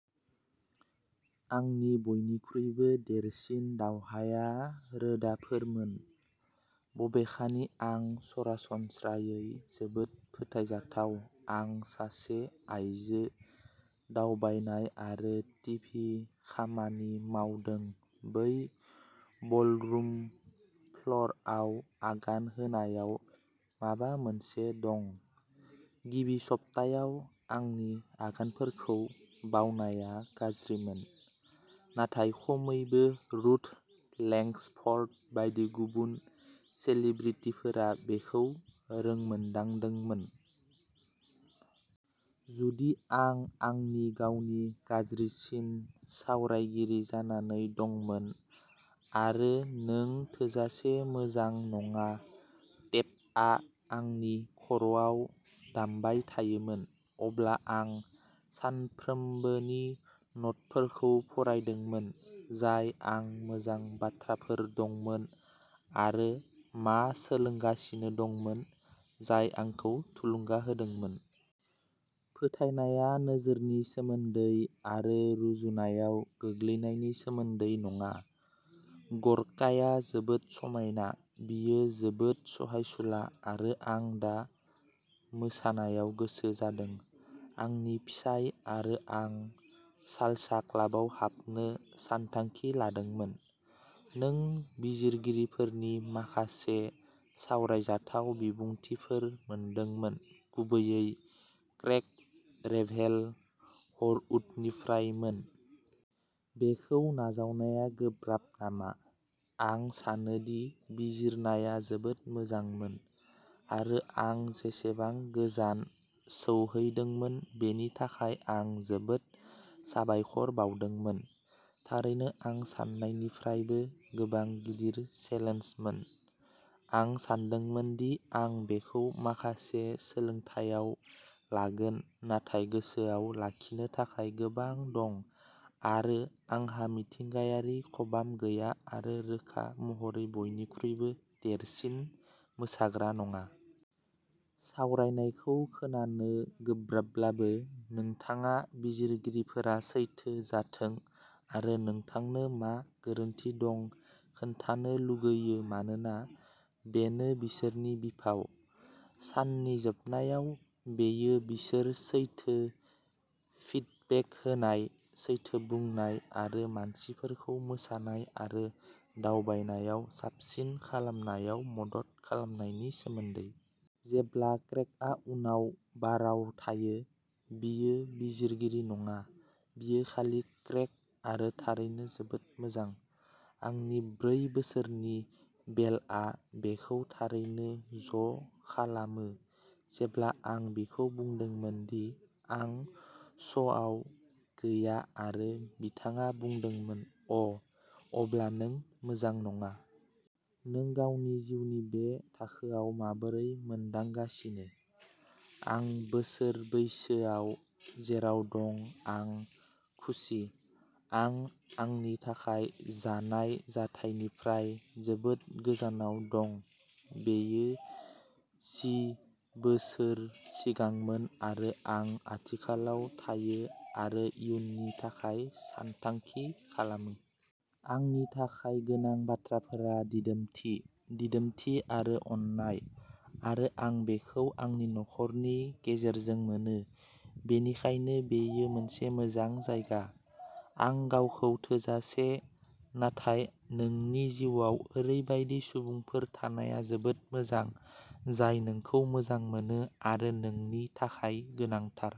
"आंनि बयनिख्रुइबो देरसिन दावहाया रोदाफोरमोन। बबेखानि आं सरासनस्रायै जोबोद फोथायजाथाव-आं सासे-आइजो दावबायनाय आरो टिभि खामानि मावदों-बै बलरुम फ्ल'रआव आगान होनायाव माबा मोनसे दं! गिबि सप्तायाव आंनि आगानफोरखौ बावनाया गाज्रिमोन, नाथाय खमैबो रुथ लेंग्सफर्ड बायदि गुबुन सेलिब्रिटिफोरा बेखौ रोंमोन्दांदोंमोन। " जुदि आं आंनि गावनि गाज्रिसिन सावरायगिरि जानानै दंमोन आरो'नों थोजासे मोजां नङा'टेपआ आंनि खर'आव दामबाय थायोमोन, अब्ला आं सानफ्रोमबोनि न'टफोरखौ फरायदोंमोन, जाय आं मोजां बाथ्राफोर दंमोन आरो मा सोलोंगासिनो दंमोन, जाय आंखौ थुलुंगा होदोंमोन। "फोथायनाया नोजोरनि सोमोन्दै आरो रुजुनायाव गोग्लैनायनि सोमोन्दै नङा। गर्काया जोबोद समायना, बियो जोबोद सहायसुला आरो आं दा मोसानायाव गोसो जादों। आंनि फिसाय आरो आं सालसा क्लाबाव हाबनो सानथांखि खालामदों। " नों बिजिरगिरिफोरनि माखासे सावरायजाथाव बिबुंथिफोर मोनदोंमोन, गुबैयै क्रेग रेभेल हरवुडनिफ्राय-मोन। बेखौ नाजावनाया गोब्राब नामा? "आं सानो दि बिजिरनाया जोबोद मोजांमोन, आरो आं जेसेबां गोजान सौहैदोंमोन बेनि थाखाय आं जोबोद साबायखर बावदोंमोन। थारैनो आं सान्नायनिफ्रायबो गोबां गिदिर चेलेन्जमोन। आं सानदोंमोन दि आं बेखौ माखासे सोलोंथायाव लागोन नाथाय गोसोआव लाखिनो थाखाय गोबां दं-आरो आंहा मिथिंगायारि खबाम गैया आरो रोखा महरै बयनिख्रुइबो देरसिन मोसाग्रा नङा! " सावरायनायखौ खोनानो गोब्राबब्लाबो, नोंथाङा बिजिरगिरिफोरा सैथो जाथों आरो नोंथांनो मा गोरोन्थि दं खोन्थानो लुगैयो मानोना बेनो बिसोरनि बिफाव। साननि जोबनायाव, बेयो बिसोर सैथो फिडबेक होनाय, सैथो बुंनाय आरो मानसिफोरखौ मोसानाय आरो दावगानायाव साबसिन खालामनायाव मदद खालामनायनि सोमोन्दै। "जेब्ला क्रेगआ उनाव बाराव थायो, बियो बिजिरगिरि नङा, बियो खालि क्रेग आरो थारैनो जोबोद मोजां। आंनि ब्रै बोसोरनि, बेलआ, बेखौ थारैनो ज'खालामो, जेब्ला आं बिखौ बुंदोंमोन दि आं श'आव गैया आरो बिथाङा बुंदोंमोन,'अ', अब्ला नों मोजां नङा! '"नों गावनि जिउनि बे थाखोआव माबोरै मोनदांगासिनो? " आं बोसोर बैसोआव जेराव दं आं खुसि। आं आंनि थाखाय जानाय जाथायनिफ्राय जोबोद गोजानाव दं-बेयो जि बोसोर सिगांमोन-आरो आं आथिखालाव थायो आरो इयुननि थाखाय सानथांखि खालामो। आंनि थाखाय गोनां बाथ्राफोरा दिदोमथि, दिदोमथि आरो अननाय, आरो आं बेखौ आंनि नखरनि गेजेरजों मोनो, बेनिखायनो बेयो मोनसे मोजां जायगा। "आं गावखौ-थोजासे, नाथाय नोंनि जिउआव ओरैबायदि सुबुंफोर थानाया जोबोद मोजां, जाय नोंखौ मोजां मोनो आरो नोंनि थाखाय गोनांथार।